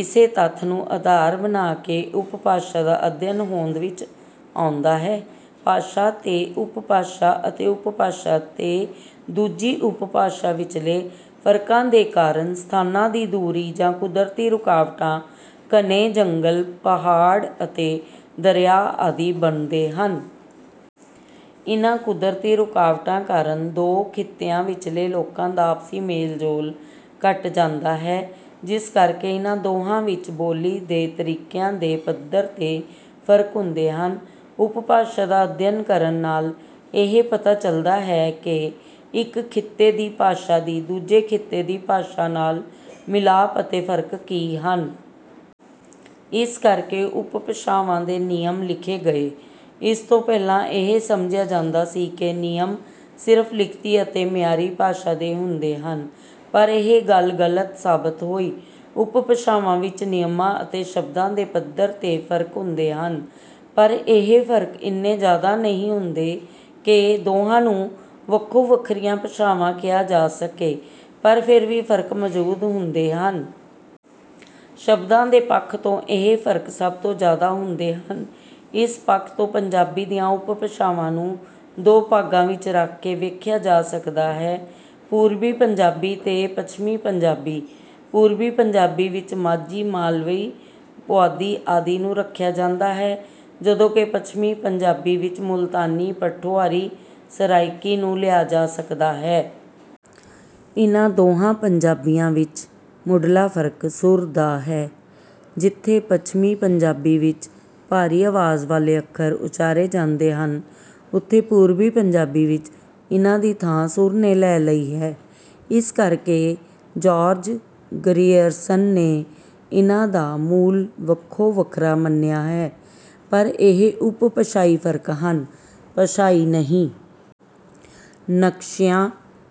ਇਸੇ ਤੱਥ ਨੂੰ ਅਧਾਰ ਬਣਾ ਕੇ ਉਪਭਾਸ਼ਾ ਦਾ ਅਧਿਐਨ ਹੋਂਦ ਵਿੱਚ ਆਉਂਦਾ ਹੈ। ਭਾਸ਼ਾ ਤੇ ਉਪਭਾਸ਼ਾ ਅਤੇ ਉਪਭਾਸ਼ਾ ਤੇ ਦੂਜੀ ਉਪਭਾਸ਼ਾ ਵਿਚਲੇ ਫਰਕਾਂ ਦੇ ਕਾਰਨ ਸਥਾਨਾਂ ਦੀ ਦੂਰੀ ਜਾਂ ਕੁਦਰਤੀ ਰੁਕਾਵਟਾਂ, ਘਣੇ ਜੰਗਲ, ਪਹਾੜ ਅਤੇ ਦਰਿਆ ਆਦਿ ਬਣਦੇ ਹਨ। ਇਨ੍ਹਾਂ ਕੁਦਰਤੀ ਰੁਕਾਵਟਾਂ ਕਾਰਨ ਦੋ ਖਿੱਤਿਆਂ ਵਿਚਲੇ ਲੋਕਾਂ ਦਾ ਆਪਸੀ ਮੇਲ-ਜੋਲ ਘੱਟ ਜਾਂਦਾ ਹੈ, ਜਿਸ ਕਰਕੇ ਇਨ੍ਹਾਂ ਦੋਹਾਂ ਵਿੱਚ ਬੋਲੀ ਦੇ ਤਰੀਕਿਆਂ ਦੇ ਪੱਧਰ 'ਤੇ ਫਰਕ ਹੁੰਦੇ ਹਨ। ਉਪਭਾਸ਼ਾ ਦਾ ਅਧਿਐਨ ਕਰਨ ਨਾਲ ਇਹ ਪਤਾ ਚਲਦਾ ਹੈ ਕਿ ਇੱਕ ਖਿੱਤੇ ਦੀ ਭਾਸ਼ਾ ਦੀ ਦੂਜੇ ਖਿੱਤੇ ਦੀ ਭਾਸ਼ਾ ਨਾਲ ਮਿਲਾਪ ਅਤੇ ਫਰਕ ਕੀ ਹਨ। ਇਸ ਕਰਕੇ ਉਪਭਾਸ਼ਾਵਾਂ ਦੇ ਨਿਯਮ ਲਿਖੇ ਗਏ। ਇਸ ਤੋਂ ਪਹਿਲਾਂ ਇਹ ਸਮਝਿਆ ਜਾਂਦਾ ਸੀ ਕਿ ਨਿਯਮ ਸਿਰਫ਼ ਲਿਖਤੀ ਅਤੇ ਮਿਆਰੀ ਭਾਸ਼ਾ ਦੇ ਹੁੰਦੇ ਹਨ, ਪਰ ਇਹ ਗੱਲ ਗਲਤ ਸਾਬਤ ਹੋਈ। ਉਪਭਾਸ਼ਾਵਾਂ ਵਿੱਚ ਨਿਯਮਾਂ ਅਤੇ ਸ਼ਬਦਾਂ ਦੇ ਪੱਧਰ 'ਤੇ ਫਰਕ ਹੁੰਦੇ ਹਨ, ਪਰ ਇਹ ਫਰਕ ਇੰਨੇ ਜ਼ਿਆਦਾ ਨਹੀਂ ਹੁੰਦੇ ਕਿ ਦੋਹਾਂ ਨੂੰ ਵੱਖੋ-ਵੱਖਰੀਆਂ ਭਾਸ਼ਾਵਾਂ ਕਿਹਾ ਜਾ ਸਕੇ, ਪਰ ਫਿਰ ਵੀ ਫਰਕ ਮੌਜੂਦ ਹੁੰਦੇ ਹਨ। ਸ਼ਬਦਾਂ ਦੇ ਪੱਖ ਤੋਂ ਇਹ ਫਰਕ ਸਭ ਤੋਂ ਜ਼ਿਆਦਾ ਹੁੰਦੇ ਹਨ। ਇਸ ਪੱਖ ਤੋਂ ਪੰਜਾਬੀ ਦੀਆਂ ਉਪਭਾਸ਼ਾਵਾਂ ਨੂੰ ਦੋ ਭਾਗਾਂ ਵਿੱਚ ਰੱਖ ਕੇ ਵੇਖਿਆ ਜਾ ਸਕਦਾ ਹੈ: ਪੂਰਬੀ ਪੰਜਾਬੀ ਤੇ ਪੱਛਮੀ ਪੰਜਾਬੀ। ਪੂਰਬੀ ਪੰਜਾਬੀ ਵਿੱਚ ਮਾਝੀ, ਮਲਵਈ, ਪੁਆਧੀ ਆਦਿ ਨੂੰ ਰੱਖਿਆ ਜਾਂਦਾ ਹੈ, ਜਦੋਂ ਕਿ ਪੱਛਮੀ ਪੰਜਾਬੀ ਵਿੱਚ ਮੁਲਤਾਨੀ, ਪੋਠੋਹਾਰੀ, ਸਰਾਇਕੀ ਨੂੰ ਲਿਆ ਜਾ ਸਕਦਾ ਹੈ। ਇਨ੍ਹਾਂ ਦੋਹਾਂ ਪੰਜਾਬੀਆਂ ਵਿੱਚ ਮੁੱਢਲਾ ਫਰਕ ਸੁਰ ਦਾ ਹੈ। ਜਿੱਥੇ ਪੱਛਮੀ ਪੰਜਾਬੀ ਵਿੱਚ ਭਾਰੀ ਆਵਾਜ਼ ਵਾਲੇ ਅੱਖਰ ਉਚਾਰੇ ਜਾਂਦੇ ਹਨ, ਉੱਥੇ ਪੂਰਬੀ ਪੰਜਾਬੀ ਵਿੱਚ ਇਨ੍ਹਾਂ ਦੀ ਥਾਂ ਸੁਰ ਨੇ ਲੈ ਲਈ ਹੈ। ਇਸ ਕਰਕੇ ਜਾਰਜ ਗਰੀਅਰਸਨ ਨੇ ਇਨ੍ਹਾਂ ਦਾ ਮੂਲ ਵੱਖੋ-ਵੱਖਰਾ ਮੰਨਿਆ ਹੈ, ਪਰ ਇਹ ਉਪਭਾਸ਼ਾਈ ਫਰਕ ਹਨ, ਭਾਸ਼ਾਈ ਨਹੀਂ। ਨਕਸ਼ਿਆਂ,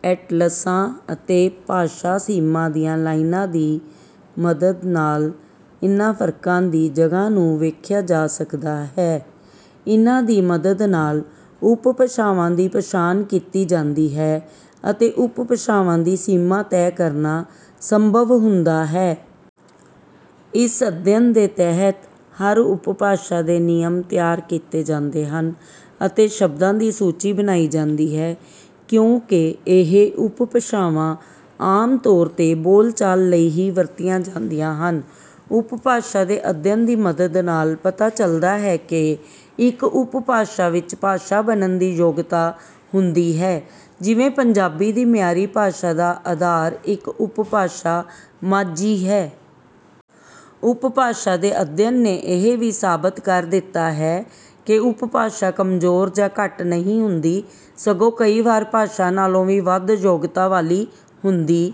ਐਟਲਸਾਂ ਅਤੇ ਭਾਸ਼ਾ-ਸੀਮਾ ਦੀਆਂ ਲਾਈਨਾਂ ਦੀ ਮਦ ਨਾਲ ਇਨ੍ਹਾਂ ਫਰਕਾਂ ਦੀ ਜਗ੍ਹਾ ਨੂੰ ਵੇਖਿਆ ਜਾ ਸਕਦਾ ਹੈ। ਇਨ੍ਹਾਂ ਦੀ ਮਦਦ ਨਾਲ ਉਪਭਾਸ਼ਾਵਾਂ ਦੀ ਪਛਾਣ ਕੀਤੀ ਜਾਂਦੀ ਹੈ ਅਤੇ ਉਪਭਾਸ਼ਾਵਾਂ ਦੀ ਸੀਮਾ ਤੈਅ ਕਰਨਾ ਸੰਭਵ ਹੁੰਦਾ ਹੈ। ਇਸ ਅਧਿਐਨ ਦੇ ਤਹਿਤ ਹਰ ਉਪਭਾਸ਼ਾ ਦੇ ਨਿਯਮ ਤਿਆਰ ਕੀਤੇ ਜਾਂਦੇ ਹਨ ਅਤੇ ਸ਼ਬਦਾਂ ਦੀ ਸੂਚੀ ਬਣਾਈ ਜਾਂਦੀ ਹੈ, ਕਿਉਂਕਿ ਇਹ ਉਪਭਾਸ਼ਾਵਾਂ ਆਮ ਤੌਰ 'ਤੇ ਬੋਲਚਾਲ ਲਈ ਹੀ ਵਰਤੀਆਂ ਜਾਂਦੀਆਂ ਹਨ। ਉਪਭਾਸ਼ਾ ਦੇ ਅਧਿਐਨ ਦੀ ਮਦਦ ਨਾਲ ਪਤਾ ਚਲਦਾ ਹੈ ਕਿ ਇੱਕ ਉਪਭਾਸ਼ਾ ਵਿੱਚ ਭਾਸ਼ਾ ਬਣਨ ਦੀ ਯੋਗਤਾ ਹੁੰਦੀ ਹੈ, ਜਿਵੇਂ ਪੰਜਾਬੀ ਦੀ ਮਿਆਰੀ ਭਾਸ਼ਾ ਦਾ ਅਧਾਰ ਇੱਕ ਉਪਭਾਸ਼ਾ 'ਮਾਝੀ' ਹੈ। ਉਪਭਾਸ਼ਾ ਦੇ ਅਧਿਐਨ ਨੇ ਇਹ ਵੀ ਸਾਬਤ ਕਰ ਦਿੱਤਾ ਹੈ ਕਿ ਉਪਭਾਸ਼ਾ ਕਮਜ਼ੋਰ ਜਾਂ ਘੱਟ ਨਹੀਂ ਹੁੰਦੀ, ਸਗੋਂ ਕਈ ਵਾਰ ਭਾਸ਼ਾ ਨਾਲੋਂ ਵੀ ਵੱਧ ਯੋਗਤਾ ਵਾਲੀ ਹੁੰਦੀ